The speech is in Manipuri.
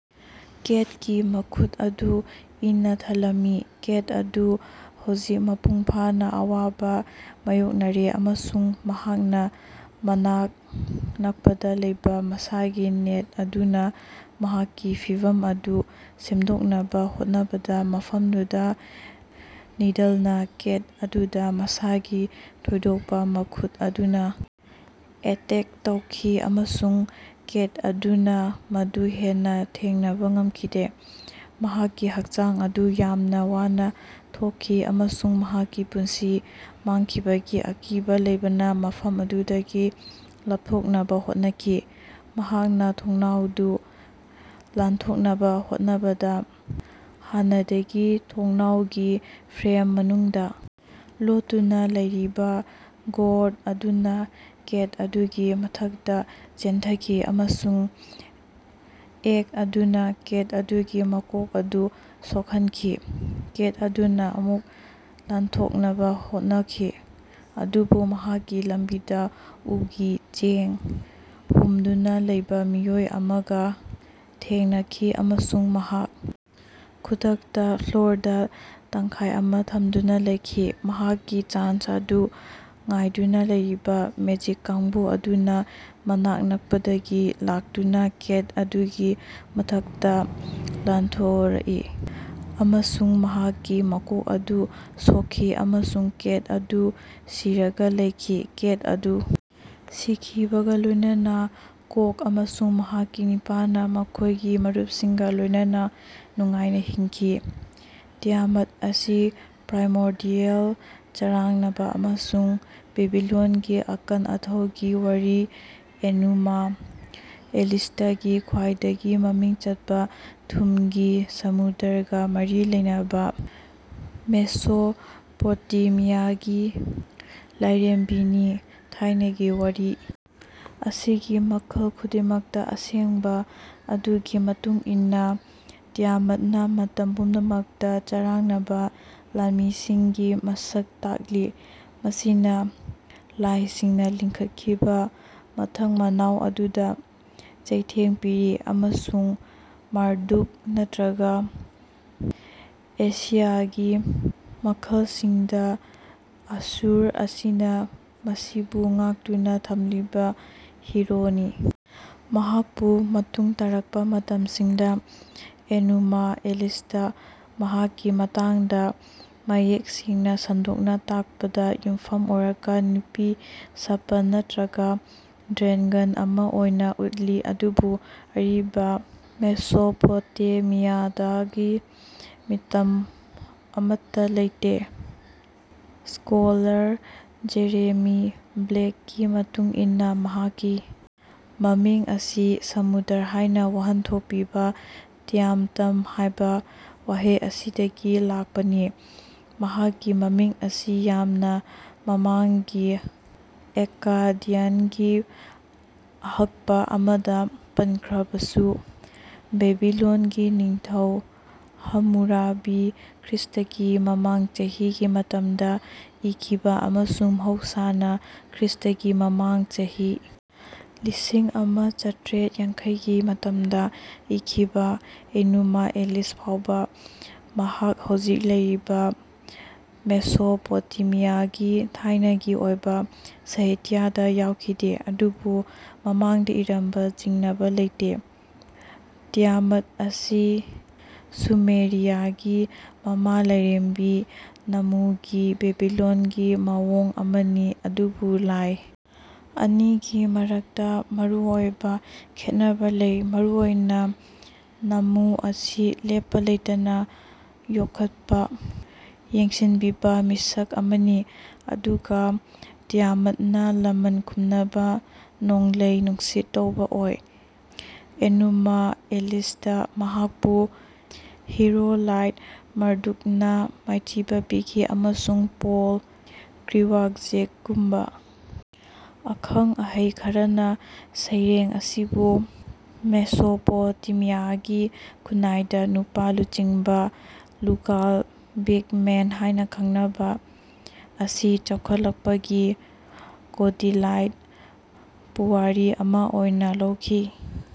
ꯀꯦꯠꯀꯤ ꯃꯈꯨꯠ ꯑꯗꯨ ꯏꯅꯥ ꯊꯜꯂꯝꯃꯤ꯫ ꯀꯦꯠ ꯑꯗꯨ ꯍꯧꯖꯤꯛ ꯃꯄꯨꯡ ꯐꯥꯅꯥ ꯑꯋꯥꯕꯥ ꯃꯥꯌꯣꯛꯅꯔꯦ ꯑꯃꯁꯨꯡ ꯃꯍꯥꯛꯅꯥ ꯃꯅꯥꯛ ꯅꯛꯄꯗꯥ ꯂꯩꯕꯥ ꯃꯁꯥꯒꯤ ꯅꯦꯠ ꯑꯗꯨꯅꯥ ꯃꯍꯥꯛꯀꯤ ꯐꯤꯚꯝ ꯑꯗꯨ ꯁꯦꯡꯗꯣꯛꯅꯕꯥ ꯍꯣꯠꯅꯕꯗꯥ ꯃꯐꯝꯗꯨꯗꯥ ꯅꯤꯗꯜꯅꯥ ꯀꯦꯠ ꯑꯗꯨꯗꯥ ꯃꯁꯥꯒꯤ ꯊꯣꯏꯗꯣꯛꯄꯥ ꯃꯈꯨꯠ ꯑꯗꯨꯅꯥ ꯑꯦꯇꯦꯛ ꯇꯧꯈꯤ ꯑꯃꯁꯨꯡ ꯀꯦꯠ ꯑꯗꯨꯅꯥ ꯃꯗꯨ ꯍꯦꯟꯅꯥ ꯊꯦꯡꯅꯕꯥ ꯉꯝꯈꯤꯗꯦ꯫ ꯃꯍꯥꯛꯀꯤ ꯍꯛꯆꯥꯡ ꯑꯗꯨ ꯌꯥꯝꯅꯥ ꯋꯥꯅꯥ ꯊꯣꯛꯈꯤ ꯑꯃꯁꯨꯡ ꯃꯍꯥꯛꯀꯤ ꯄꯨꯟꯁꯤ ꯃꯥꯡꯈꯤꯕꯒꯤ ꯑꯀꯤꯕꯥ ꯂꯩꯕꯅꯥ ꯃꯐꯝ ꯑꯗꯨꯗꯒꯤ ꯂꯥꯞꯊꯣꯛꯅꯕꯥ ꯍꯣꯠꯅꯈꯤ꯫ ꯃꯍꯥꯛꯅꯥ ꯊꯣꯡꯅꯥꯎꯗꯨ ꯂꯥꯟꯊꯣꯛꯅꯕꯥ ꯍꯣꯠꯅꯕꯗꯥ ꯍꯥꯟꯅꯗꯒꯤ ꯊꯣꯡꯅꯥꯎꯒꯤ ꯐ꯭ꯔꯦꯝ ꯃꯅꯨꯡꯗꯥ ꯂꯣꯠꯇꯨꯅꯥ ꯂꯩꯔꯤꯕꯥ ꯒꯣꯔꯗ ꯑꯗꯨꯅꯥ ꯀꯦꯠ ꯑꯗꯨꯒꯤ ꯃꯊꯛꯇꯥ ꯆꯦꯟꯊꯈꯤ ꯑꯃꯁꯨꯡ ꯑꯦꯛ ꯑꯗꯨꯅꯥ ꯀꯦꯠ ꯑꯗꯨꯒꯤ ꯃꯀꯣꯛ ꯑꯗꯨ ꯁꯣꯛꯍꯟꯈꯤ꯫ ꯀꯦꯠ ꯑꯗꯨꯅꯥ ꯑꯃꯨꯛ ꯂꯥꯟꯊꯣꯛꯅꯕꯥ ꯍꯣꯠꯅꯈꯤ ꯑꯗꯨꯕꯨ ꯃꯍꯥꯛꯀꯤ ꯂꯝꯕꯤꯗꯥ ꯎꯒꯤ ꯆꯦꯡ ꯍꯨꯝꯗꯨꯅꯥ ꯂꯩꯕꯥ ꯃꯤꯑꯣꯏ ꯑꯃꯒꯥ ꯊꯦꯡꯅꯈꯤ ꯑꯃꯁꯨꯡ ꯃꯍꯥꯛ ꯈꯨꯗꯛꯇꯥ ꯐ꯭ꯂꯣꯔꯗꯥ ꯇꯪꯈꯥꯏ ꯑꯃꯥ ꯊꯝꯗꯨꯅꯥ ꯂꯩꯈꯤ꯫ ꯃꯍꯥꯛꯀꯤ ꯆꯥꯟꯁ ꯑꯗꯨ ꯉꯥꯏꯗꯨꯅꯥ ꯂꯩꯔꯤꯕꯥ ꯃꯦꯖꯤꯛ ꯀꯥꯡꯕꯨ ꯑꯗꯨꯅꯥ ꯃꯅꯥꯛ ꯅꯛꯄꯗꯒꯤ ꯂꯥꯛꯇꯨꯅꯥ ꯀꯦꯠ ꯑꯗꯨꯒꯤ ꯃꯊꯛꯇꯥ ꯂꯥꯟꯊꯣꯔꯛꯏ ꯑꯃꯁꯨꯡ ꯃꯍꯥꯛꯀꯤ ꯃꯀꯣꯛ ꯑꯗꯨ ꯁꯣꯛꯈꯤ ꯑꯃꯁꯨꯡ ꯀꯦꯠ ꯑꯗꯨ ꯁꯤꯔꯒꯥ ꯂꯩꯈꯤ꯫ ꯀꯦꯠ ꯑꯗꯨ ꯁꯤꯈꯤꯕꯒꯥ ꯂꯣꯏꯅꯅꯥ ꯀꯣꯛ ꯑꯃꯁꯨꯡ ꯃꯍꯥꯛꯀꯤ ꯅꯤꯄꯥꯅꯥ ꯃꯈꯣꯏꯒꯤ ꯃꯔꯨꯞꯁꯤꯡꯒꯥ ꯂꯣꯏꯅꯅꯥ ꯅꯨꯡꯉꯥꯏꯅꯥ ꯍꯤꯡꯈꯤ꯫ ꯇꯤꯌꯥꯃꯠ ꯑꯁꯤ ꯄ꯭ꯔꯥꯏꯃꯣꯔꯗꯤꯌꯦꯜ ꯆꯔꯥꯡꯅꯕ ꯑꯃꯁꯨꯡ ꯕꯦꯕꯤꯂꯣꯟꯒꯤ ꯑꯀꯟ ꯑꯊꯧꯒꯤ ꯋꯥꯔꯤ ꯑꯦꯅꯨꯃꯥ ꯑꯦꯂꯤꯁꯇꯒꯤ ꯈ꯭ꯋꯥꯏꯗꯒꯤ ꯃꯃꯤꯡ ꯆꯠꯄ ꯊꯨꯝꯒꯤ ꯁꯃꯨꯗ꯭ꯔꯒ ꯃꯔꯤ ꯂꯩꯅꯕ ꯃꯦꯁꯣꯄꯣꯇꯦꯃꯤꯌꯥꯒꯤ ꯂꯥꯏꯔꯦꯝꯕꯤꯅꯤ꯫ ꯊꯥꯏꯅꯒꯤ ꯋꯥꯔꯤ ꯑꯁꯤꯒꯤ ꯃꯈꯜ ꯈꯨꯗꯤꯡꯃꯛꯇ ꯑꯁꯦꯡꯕ ꯑꯗꯨꯒꯤ ꯃꯇꯨꯡ ꯏꯟꯅ ꯇꯤꯌꯥꯃꯠꯅ ꯃꯇꯝ ꯄꯨꯝꯅꯃꯛꯇ ꯆꯔꯥꯡꯅꯕ ꯂꯥꯟꯃꯤꯁꯤꯡꯒꯤ ꯃꯁꯛ ꯇꯥꯛꯂꯤ ꯃꯁꯤꯅ ꯂꯥꯏꯁꯤꯡꯅ ꯂꯤꯡꯈꯠꯈꯤꯕ ꯃꯊꯪ ꯃꯅꯥꯎ ꯑꯗꯨꯗ ꯆꯩꯊꯦꯡ ꯄꯤꯔꯤ ꯑꯃꯁꯨꯡ ꯃꯥꯔꯗꯨꯛ ꯅꯠꯇ꯭ꯔꯒ ꯑꯁꯤꯔꯤꯌꯥꯒꯤ ꯃꯈꯜꯁꯤꯡꯗ ꯑꯁꯨꯔ ꯑꯁꯤꯅ ꯃꯁꯤꯕꯨ ꯉꯥꯛꯇꯨꯅ ꯊꯝꯂꯤꯕ ꯍꯤꯔꯣꯅꯤ꯫ ꯃꯍꯥꯛꯄꯨ ꯃꯇꯨꯡ ꯇꯥꯔꯛꯄ ꯃꯇꯝꯁꯤꯡꯗ ꯑꯦꯅꯨꯃꯥ ꯑꯦꯂꯤꯁꯇ ꯃꯍꯥꯛꯀꯤ ꯃꯇꯥꯡꯗ ꯃꯌꯦꯛ ꯁꯦꯡꯅ ꯁꯟꯗꯣꯛꯅ ꯇꯥꯛꯄꯗ ꯌꯨꯝꯐꯝ ꯑꯣꯏꯔꯒ ꯅꯨꯄꯤ ꯁꯥꯄꯟ ꯅꯠꯇ꯭ꯔꯒ ꯗ꯭ꯔꯦꯒꯟ ꯑꯃ ꯑꯣꯏꯅ ꯎꯠꯂꯤ ꯑꯗꯨꯕꯨ ꯑꯔꯤꯕ ꯃꯦꯁꯣꯄꯣꯇꯦꯃꯤꯌꯥꯗꯒꯤ ꯃꯤꯇꯝ ꯑꯃꯠꯇ ꯂꯩꯇꯦ꯫ ꯁ꯭ꯀꯣꯂꯔ ꯖꯦꯔꯦꯃꯤ ꯕ꯭ꯂꯦꯛꯀꯤ ꯃꯇꯨꯡ ꯏꯟꯅ ꯃꯍꯥꯛꯀꯤ ꯃꯃꯤꯡ ꯑꯁꯤ ꯁꯃꯨꯗ꯭ꯔ ꯍꯥꯏꯅ ꯋꯥꯍꯟꯊꯣꯛ ꯄꯤꯕ ꯇꯤꯌꯥꯝꯇꯝ ꯍꯥꯏꯕ ꯋꯥꯍꯩ ꯑꯁꯤꯗꯒꯤ ꯂꯥꯛꯄꯅꯤ꯫ ꯃꯍꯥꯛꯀꯤ ꯃꯃꯤꯡ ꯑꯁꯤ ꯌꯥꯝꯅ ꯃꯃꯥꯡꯒꯤ ꯑꯛꯀꯥꯗꯤꯌꯟꯒꯤ ꯑꯍꯛꯄ ꯑꯃꯗ ꯄꯟꯈ꯭ꯔꯕꯁꯨ, ꯕꯦꯕꯤꯂꯣꯟꯒꯤ ꯅꯤꯡꯊꯧ ꯍꯝꯃꯨꯔꯥꯕꯤ ꯈ꯭ꯔꯤꯁ꯭ꯇꯒꯤ ꯃꯃꯥꯡ ꯆꯍꯤꯒꯤ ꯃꯇꯝꯗ ꯏꯈꯤꯕ ꯑꯃꯁꯨꯡ ꯃꯍꯧꯁꯥꯅ ꯈ꯭ꯔꯤꯁ꯭ꯇꯒꯤ ꯃꯃꯥꯡ ꯆꯍꯤ ꯂꯤꯁꯤꯡ ꯑꯃ ꯆꯥꯇ꯭ꯔꯦꯠ ꯌꯥꯡꯈꯩꯒꯤ ꯃꯇꯝꯗ ꯏꯈꯤꯕ ꯑꯦꯅꯨꯃꯥ ꯑꯦꯂꯤꯁ ꯐꯥꯎꯕ ꯃꯍꯥꯛ ꯍꯧꯖꯤꯛ ꯂꯩꯔꯤꯕ ꯃꯦꯁꯣꯄꯣꯇꯦꯃꯤꯌꯥꯒꯤ ꯊꯥꯏꯅꯒꯤ ꯑꯣꯏꯕ ꯁꯥꯍꯤꯇ꯭ꯌꯗ ꯌꯥꯎꯈꯤꯗꯦ ꯑꯗꯨꯕꯨ ꯃꯃꯥꯡꯗ ꯏꯔꯝꯕ ꯆꯤꯡꯅꯕ ꯂꯩꯇꯦ꯫ ꯇꯤꯌꯥꯃꯠ ꯑꯁꯤ ꯁꯨꯃꯦꯔꯤꯌꯥꯒꯤ ꯃꯃꯥ ꯂꯥꯏꯔꯦꯝꯕꯤ ꯅꯥꯝꯃꯨꯒꯤ ꯕꯦꯕꯤꯂꯣꯟꯒꯤ ꯃꯑꯣꯡ ꯑꯃꯅꯤ ꯑꯗꯨꯕꯨ ꯂꯥꯏ ꯑꯅꯤꯒꯤ ꯃꯔꯛꯇ ꯃꯔꯨꯑꯣꯏꯕ ꯈꯦꯠꯅꯕ ꯂꯩ ꯃꯔꯨꯑꯣꯏꯅ ꯅꯝꯃꯨ ꯑꯁꯤ ꯂꯦꯞꯄ ꯂꯩꯇꯅ ꯌꯣꯛꯈꯠꯄ ꯌꯦꯡꯁꯤꯟꯕꯤꯕ ꯃꯤꯁꯛ ꯑꯃꯅꯤ ꯑꯗꯨꯒ ꯇꯤꯌꯥꯃꯠꯅ ꯂꯃꯟ ꯈꯨꯝꯅꯕ ꯅꯣꯡꯂꯩ ꯅꯨꯡꯁꯤꯠ ꯇꯧꯕ ꯑꯣꯏ꯫ ꯑꯦꯅꯨꯃꯥ ꯑꯦꯂꯤꯁꯇ ꯃꯍꯥꯛꯄꯨ ꯍꯤꯔꯣ ꯂꯥꯏ ꯃꯥꯔꯗꯨꯛꯅ ꯃꯥꯏꯊꯤꯕ ꯄꯤꯈꯤ ꯑꯃꯁꯨꯡ ꯄꯣꯜ ꯀ꯭ꯔꯤꯋꯥꯛꯖꯦꯛꯒꯨꯝꯕ ꯑꯈꯪ ꯑꯍꯩ ꯈꯔꯅ ꯁꯩꯔꯦꯡ ꯑꯁꯤꯕꯨ ꯃꯦꯁꯣꯄꯣꯇꯦꯃꯤꯌꯥꯒꯤ ꯈꯨꯟꯅꯥꯏꯗ ꯅꯨꯄꯥ ꯂꯨꯆꯤꯡꯕ ꯂꯨꯒꯥꯜ ꯕꯤꯒ ꯃꯦꯟ ꯍꯥꯏꯅ ꯈꯪꯅꯕ ꯑꯁꯤ ꯆꯥꯎꯈꯠꯂꯛꯄꯒꯤ ꯀꯣꯗꯤꯂꯥꯏꯠ ꯄꯨꯋꯥꯔꯤ ꯑꯃ ꯑꯣꯏꯅ ꯂꯧꯈꯤ꯫